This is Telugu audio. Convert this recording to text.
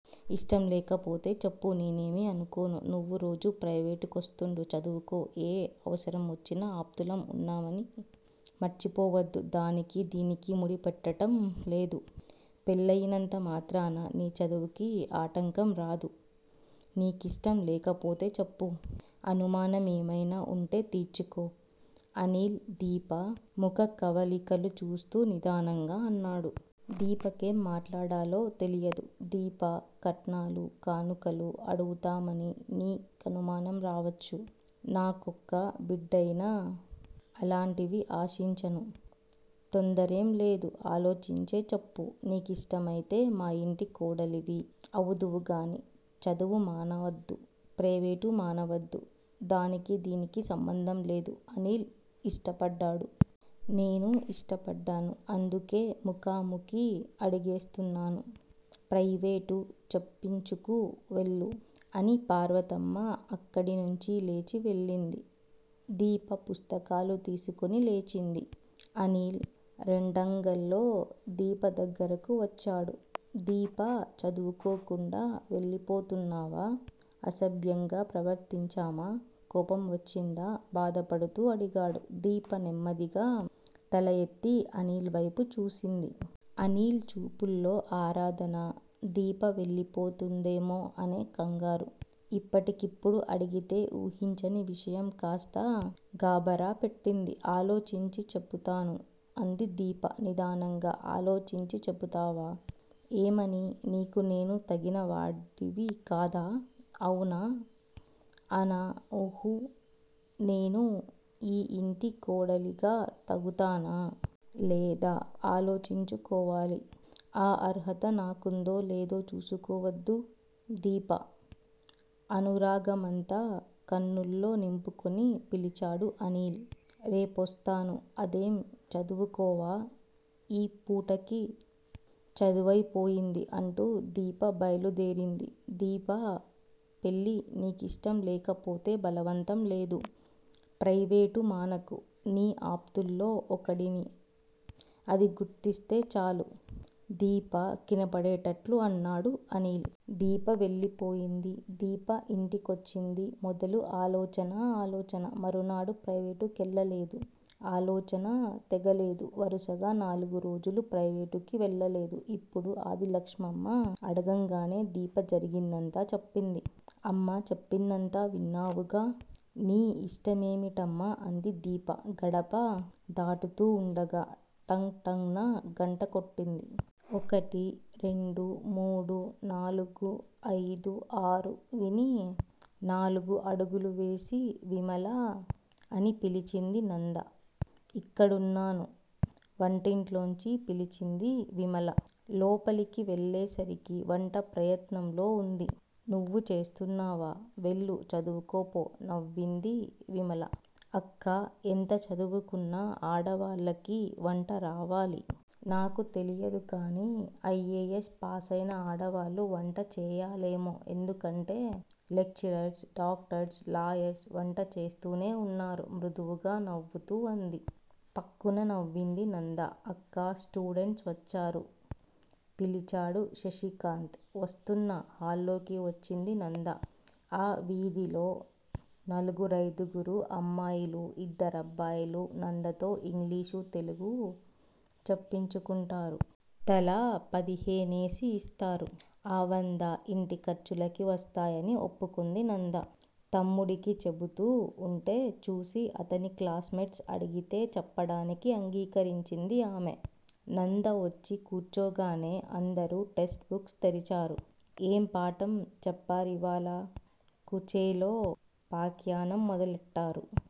ఇష్టంలేకపోతే చెప్పు. నేనేమీ అనుకోను. నువ్వు రోజూ ప్రవేటు కొస్తూండు. చదువుకో, ఏ అవసరం వచ్చినా ఆప్తులం ఉన్నామని మర్చిపోవద్దు. దానికీ దీనికీ ముడి పెట్టటంలేదు. పెళ్ళయినంత మాత్రాన నీ చదువుకి ఆటంకంరాదు. నీకిష్టం లేకపోతే చెప్పు, అనుమానంఎమయినా వుంటే తీర్చుకో అనిల్ దీప ముఖకవళికలు చూస్తూ నిదానంగా అన్నాడు. దీపకేం మాట్లాడాలో తెలియలేదు. దీపా! కట్నాలు కానుకలు అడుగుతామని నీ కనుమానం రావచ్చు. నాకొక్క బిడ్డయినా అలాంటివి ఆశించను, తొందరేంలేదు ఆలోచించే చెప్పు. నీ కిష్టమైతే మా ఇంటి కోడలివి అవుదువుగాని, చదువు మానవద్దు, ప్రవేటు మానవద్దు. దానికీ దీనికీ సంబంధం లేదు. అనిల్ ఇష్టపడ్డాడు. నేను ఇష్టపడ్డాను. అందుకే ముఖాముఖి అడిగేస్తున్నాను. ప్రయివేటు చెప్పించుకు వెళ్ళు. అని పార్వతమ్మ అక్కడినుంచి లేచి వెళ్ళింది. దీప పుస్తకాలు తీసుకుని లేచింది. అనిల్ రెండంగల్లో దీప దగ్గరకు వచ్చాడు. దీపా! చదువుకోకుండా వెళ్ళిపోతున్నావా? అసభ్యంగా ప్రవర్తించామా? కోపం వచ్చిందా? బాధపడుతూ అడిగాడు. దీప నెమ్మదిగా తల ఎత్తి అనిల్ వైపు చూసింది. అనిల్ చూపుల్లో ఆరాధన, దీప వెళ్ళిపోతుందేమో అనే కంగారు. ఇప్పటికిప్పుడు అడిగితే ఊహించని విషయం కాస్త గాభరా పెట్టింది, ఆలోచించి చెపుతాను అంది దీప నిదానంగా. ఆలోచించి చెపుతావా! ఏమని? నీకు నేను తగిన వాడివి కాదా. అవునా! అనా? ఉహూ! నేను ఈ యింటి కోడలిగా తగుతానా! లేదా! ఆలోచించు కోవాలి. ఆ అర్హత నాకుందో లేదో చూసుకోవద్దు దీపా! అనురాగమంతా కన్నుల్లో నింపుకుని పిలిచాడు అనిల్. రేపొస్తాను అదేం చదువుకోవా! ఈ పూటకి చదువయిపోయింది అంటూ దీప బైలు దేరింది. దీపా! పెళ్ళి నీ కిష్టం లేకపోతే బలవంతంలేదు. ప్రవేటు మానకు. నీ ఆప్తుల్లో ఒకడిని అది గుర్తిస్తే చాలు దీప కినపడేటట్లు అన్నాడు అనిల్. దీప వెళ్ళిపోయింది. దీప ఇంటికొచ్చింది మొదలు ఆలోచన ఆలోచన. మరునాడు ప్రవేటు కెళ్ళలేదు. ఆలోచన తెగలేదు వరసగా నాలుగు రోజులు ప్రవేటుకి వెళ్ళలేదు. ఇప్పుడు ఆదిలక్ష్మమ్మ అడగంగానే దీప జరిగిందంతా చెప్పింది. అమ్మా! చెప్పిందంతా విన్నావుగా?! నీ ఇష్టమేమిటమ్మా! అంది దీప. గడప దాటుతూవుండగా టంగ్ టంగ్ న గంట కొట్టింది. ఒకటి, రెండు, మూడు, నాలుగు, ఐదు, ఆరు విని నాలుగు అడుగులు వేసి విమలా! అని పిలిచింది నంద. ఇక్కడున్నాను! వంటింట్లోంచి పిలిచింది విమల. లోపలికి వెళ్ళేసరికి వంట ప్రయత్నంలో వుంది. నువ్వు చేస్తున్నావా? వెళ్ళు! చదువుకో పో! నవ్వింది విమల. అక్కా! ఎంత చదువుకున్నా ఆడవాళ్ళకి వంటరావాలి! నాకు తెలియదు కానీ ఐ. ఏ. ఎస్. పాసైనా ఆడవాళ్ళు వంట చేయాలేమో! ఎందుకంటే లెక్చరర్స్, డాక్టర్స్, లాయర్స్ వంట చేస్తూనే వున్నారు! మృదువుగా నవ్వుతూ అంది. ఫక్కున నవ్వింది నంద. అక్కా! స్టూడెంట్స్ వచ్చారు! పిలిచాడు శశికాంత్. వస్తున్నా! హాల్లోకి వచ్చింది నంద. ఆ వీధిలో నలుగురైదుగురు అమ్మాయిలు, ఇద్దరబ్బాయిలు నందతో ఇంగ్లీషు, తెలుగు చెప్పించుకుంటారు. తలా పదిహేనేసి ఇస్తారు. ఆ వందా ఇంటి ఖర్చులకి వస్తాయని ఒప్పుకుంది నంద. తమ్ముడికి చెబుతూ వుంటే చూసి అతని క్లాస్ మేట్స్ అడిగితే చెప్పడానికి అంగీకరించింది ఆమె. నంద వచ్చి కూర్చోగానే అందరూ టెస్ట్ బుక్స్ తెరిచారు. ఏం పాఠం చెప్పారివాళ? కుచేలో పాఖ్యానం మొదలెట్టారు!